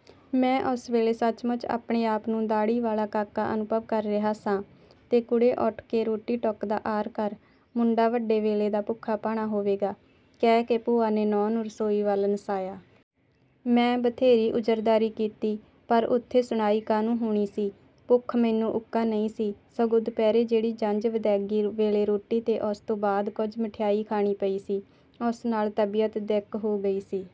" ਮੈਂ ਉਸ ਵੇਲੇ ਸੱਚ ਮੁੱਚ ਆਪਣੇ ਆਪ ਨੂੰ ਦਾਹੜੀ ਵਾਲਾ ਕਾਕਾ ਅਨੁਭਵ ਕਰ ਰਿਹਾ ਸਾਂ। "ਤੇ ਕੁੜੇ ਉਠ ਕੇ ਰੋਟੀ ਟੁਕ ਦਾ ਆਹਰ ਕਰ। ਮੁੰਡਾ ਵੱਡੇ ਵੇਲੇ ਦਾ ਭੁੱਖਾ ਭਾਣਾ ਹੋਵੇਗਾ। " ਕਹਿ ਕੇ ਭੂਆ ਨੇ ਨੂੰਹ ਨੂੰ ਰਸੋਈ ਵੱਲ ਨਸਾਇਆ। ਮੈਂ ਬਥੇਰੀ ਉਜ਼ਰਦਾਰੀ ਕੀਤੀ, ਪਰ ਉਥੇ ਸੁਣਾਈ ਕਾਹਨੂੰ ਹੋਣੀ ਸੀ। ਭੁੱਖ ਮੈਨੂੰ ਉੱਕਾ ਨਹੀਂ ਸੀ, ਸਗੋਂ ਦੁਪਹਿਰੇ ਜਿਹੜੀ ਜੰਞ ਵਿਦੈਗੀ ਵੇਲੇ ਰੋਟੀ ਤੇ ਉਸ ਤੋਂ ਬਾਅਦ ਕੁਝ ਮਠਿਆਈ ਖਾਣੀ ਪਈ ਸੀ, ਉਸ ਨਾਲ ਤਬੀਅਤ ਦਿਕ ਹੋ ਗਈ ਸੀ।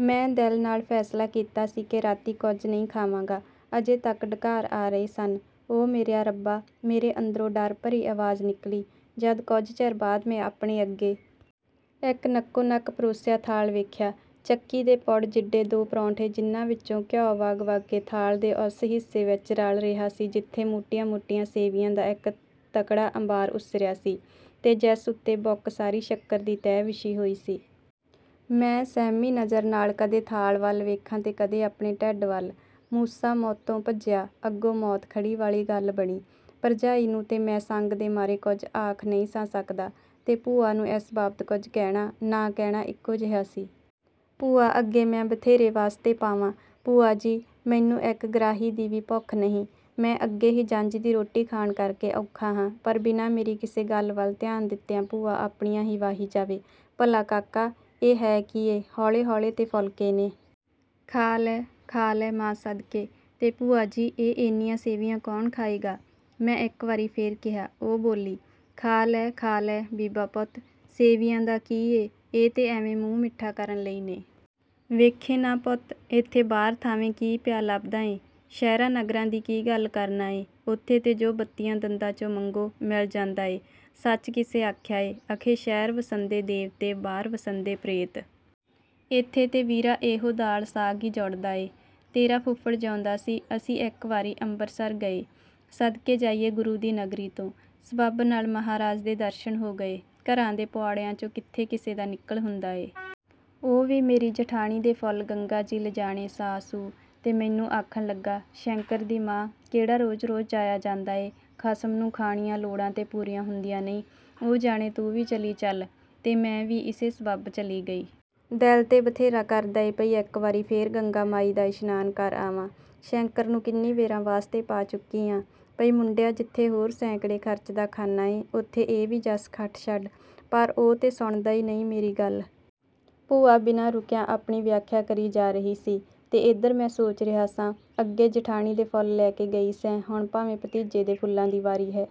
ਮੈਂ ਦਿਲ ਨਾਲ ਫੈਸਲਾ ਕੀਤਾ ਸੀ ਕਿ ਰਾਤੀਂ ਕੁਝ ਨਹੀਂ ਖਾਵਾਂਗਾ। ਅਜੇ ਤੱਕ ਡਕਾਰ ਆ ਰਹੇ ਸਨ। "ਓ ਮੇਰਿਆ ਰੱਬਾ" ਮੇਰੇ ਅੰਦਰੋਂ ਡਰ ਭਰੀ ਆਵਾਜ਼ ਨਿਕਲੀ, ਜਦ ਕੁਝ ਚਿਰ ਬਾਅਦ ਮੈਂ ਆਪਣੇ ਅੱਗੇ ਇਕ ਨੱਕੋ ਨੱਕ ਪਰੋਸਿਆ ਥਾਲ ਵੇਖਿਆ, ਚੱਕੀ ਦੇ ਪੁੜ ਜਿੱਡੇ ਦੋ ਪਰੌਂਠੇ ਜਿਨ੍ਹਾਂ ਵਿਚੋਂ ਘਿਉ ਵਗ ਵਗ ਕੇ ਥਾਲ ਦੇ ਉਸ ਹਿੱਸੇ ਵਿਚ ਰਲ ਰਿਹਾ ਸੀ ਜਿਥੇ ਮੋਟੀਆਂ ਮੋਟੀਆਂ ਸੇਵੀਆਂ ਦਾ ਇਕ ਤਕੜਾ ਅੰਬਾਰ ਉਸਰਿਆ ਸੀ, ਤੇ ਜਿਸ ਉਤੇ ਬੁੱਕ ਸਾਰੀ ਸ਼ੱਕਰ ਦੀ ਤਹਿ ਵਿਛੀ ਹੋਈ ਸੀ। ਮੈਂ ਸਹਿਮੀ ਨਜ਼ਰ ਨਾਲ ਕਦੇ ਥਾਲ ਵੱਲ ਵੇਖਾਂ ਤੇ ਕਦੇ ਆਪਣੇ ਢਿੱਡ ਵੱਲ। "ਮੂਸਾ ਮੌਤੋਂ ਭੱਜਿਆ, ਅੱਗੋਂ ਮੌਤ ਖੜੀ" ਵਾਲੀ ਗੱਲ ਬਣੀ। ਭਰਜਾਈ ਨੂੰ ਤੇ ਮੈਂ ਸੰਗ ਦੇ ਮਾਰੇ ਕੁਝ ਆਖ ਨਹੀਂ ਸਾਂ ਸਕਦਾ, ਤੇ ਭੂਆ ਨੂੰ ਏਸ ਬਾਬਤ ਕੁਝ ਕਹਿਣਾ, ਨਾ ਕਹਿਣਾ ਇਕੋ ਜਿਹਾ ਸੀ। ਭੂਆ ਅੱਗੇ ਮੈਂ ਬਥੇਰੇ ਵਾਸਤੇ ਪਾਵਾਂ, "ਭੂਆ ਜੀ, ਮੈਨੂੰ ਇਕ ਗਰਾਹੀ ਦੀ ਵੀ ਭੁੱਖ ਨਹੀਂ, ਮੈਂ ਅੱਗੇ ਹੀ ਜੰਞ ਦੀ ਰੋਟੀ ਖਾਣ ਕਰ ਕੇ ਔਖਾ ਹਾਂ", ਪਰ ਬਿਨਾਂ ਮੇਰੀ ਕਿਸੇ ਗੱਲ ਵੱਲ ਧਿਆਨ ਦਿੱਤਿਆਂ ਭੂਆ ਆਪਣੀਆਂ ਹੀ ਵਾਹੀ ਜਾਵੇ, "ਭਲਾ ਕਾਕਾ, ਇਹ ਹੈ ਕੀ ਏ, ਹੌਲੇ ਹੌਲੇ ਤੇ ਫੁਲਕੇ ਨੇ। ਖਾ ਲੈ, ਖਾ ਲੈ ਮਾਂ ਸਦਕੇ। " "ਤੇ ਭੂਆ ਜੀ, ਇਹ ਏਨੀਆਂ ਸੇਵੀਆਂ ਕੌਣ ਖਾਏਗਾ? " ਮੈਂ ਇਕ ਵਾਰੀ ਫੇਰ ਕਿਹਾ। ਉਹ ਬੋਲੀ, "ਖਾ ਲੈ, ਖਾ ਲੈ, ਬੀਬਾ ਪੁੱਤ। ਸੇਵੀਆਂ ਦਾ ਕੀ ਏ, ਇਹ ਤੇ ਐਵੇਂ ਮੂੰਹ ਮਿੱਠਾ ਕਰਨ ਲਈ ਨੇ। ਵੇਖੇਂ ਨਾ ਪੁੱਤ, ਏਥੇ ਬਾਹਰ ਥਾਵੇਂ ਕੀ ਪਿਆ ਲੱਭਦਾ ਏ। ਸ਼ਹਿਰਾਂ ਨਗਰਾਂ ਦੀ ਕੀ ਗੱਲ ਕਰਨਾ ਏ, ਉਥੇ ਤੇ ਜੋ ਬੱਤੀਆਂ ਦੰਦਾਂ 'ਚੋਂ ਮੰਗੋ, ਮਿਲ ਜਾਂਦਾ ਏ। ਸੱਚ ਕਿਸੇ ਆਖਿਆ ਏ, ਅਖੇ 'ਸ਼ਹਿਰ ਵਸੰਦੇ ਦੇਵਤੇ ਬਾਹਰ ਵਸੰਦੇ ਪ੍ਰੇਤ'। ਏਥੇ ਤੇ ਵੀਰਾ ਇਹੋ ਦਾਲ ਸਾਗ ਈ ਜੁੜਦਾ ਏ। ਤੇਰਾ ਫੁਫੜ ਜਿਊਂਦਾ ਸੀ, ਅਸੀਂ ਇਕ ਵਾਰੀ ਅੰਬਰਸਰ ਗਏ। ਸਦਕੇ ਜਾਈਏ ਗੁਰੂ ਦੀ ਨਗਰੀ ਤੋਂ। ਸਬੱਬ ਨਾਲ ਮਹਾਰਾਜ ਦੇ ਦਰਸ਼ਨ ਹੋ ਗਏ, ਘਰਾਂ ਦੇ ਪੁਆੜਿਆਂ 'ਚੋਂ ਕਿਥੇ ਕਿਸੇ ਦਾ ਨਿਕਲ ਹੁੰਦਾ ਏ। ਉਹ ਵੀ ਮੇਰੀ ਜਠਾਣੀ ਦੇ ਫੁੱਲ ਗੰਗਾ ਜੀ ਲਿਜਾਣੇ ਸਾ ਸੂ, ਤੇ ਮੈਨੂੰ ਆਖਣ ਲੱਗਾ, 'ਸ਼ੈਂਕਰ ਦੀ ਮਾਂ, ਕਿਹੜਾ ਰੋਜ਼ ਰੋਜ਼ ਜਾਇਆ ਜਾਂਦਾ ਏ, ਖਸਮ ਨੂੰ ਖਾਣੀਆਂ ਲੋੜਾਂ ਤੇ ਪੂਰੀਆਂ ਹੁੰਦੀਆਂ ਨਹੀਂ, ਉਹ ਜਾਣੇ ਤੂੰ ਵੀ ਚਲੀ ਚੱਲ', ਤੇ ਮੈਂ ਵੀ ਇਸੇ ਸਬੱਬ ਚਲੀ ਗਈ। ਦਿਲ ਤੇ ਬਥੇਰਾ ਕਰਦਾ ਏ ਪਈ ਇਕ ਵਾਰੀ ਫੇਰ ਗੰਗਾ ਮਾਈ ਦਾ ਇਸ਼ਨਾਨ ਕਰ ਆਵਾਂ, ਸ਼ੈਂਕਰ ਨੂੰ ਕਿੰਨੀ ਵੇਰਾਂ ਵਾਸਤੇ ਪਾ ਚੁੱਕੀ ਆਂ, ਪਈ ਮੁੰਡਿਆ ਜਿਥੇ ਹੋਰ ਸੈਂਕੜੇ ਖਰਚਦਾ ਖਾਨਾ ਏਂ, ਉਥੇ ਇਹ ਵੀ ਜੱਸ ਖੱਟ ਛੱਡ, ਪਰ ਉਹ ਤੇ ਸੁਣਦਾ ਈ ਨਹੀਂ ਮੇਰੀ ਗੱਲ। " ਭੂਆ ਬਿਨਾਂ ਰੁਕਿਆ ਆਪਣੀ ਵਿਆਖਿਆ ਕਰੀ ਜਾ ਰਹੀ ਸੀ, ਤੇ ਏਧਰ ਮੈਂ ਸੋਚ ਰਿਹਾ ਸਾਂ, "ਅੱਗੇ ਜਿਠਾਣੀ ਦੇ ਫੁੱਲ ਲੈ ਕੇ ਗਈ ਸੈਂ, ਹੁਣ ਭਾਵੇਂ ਭਤੀਜੇ ਦੇ ਫੁੱਲਾਂ ਦੀ ਵਾਰੀ ਹੈ।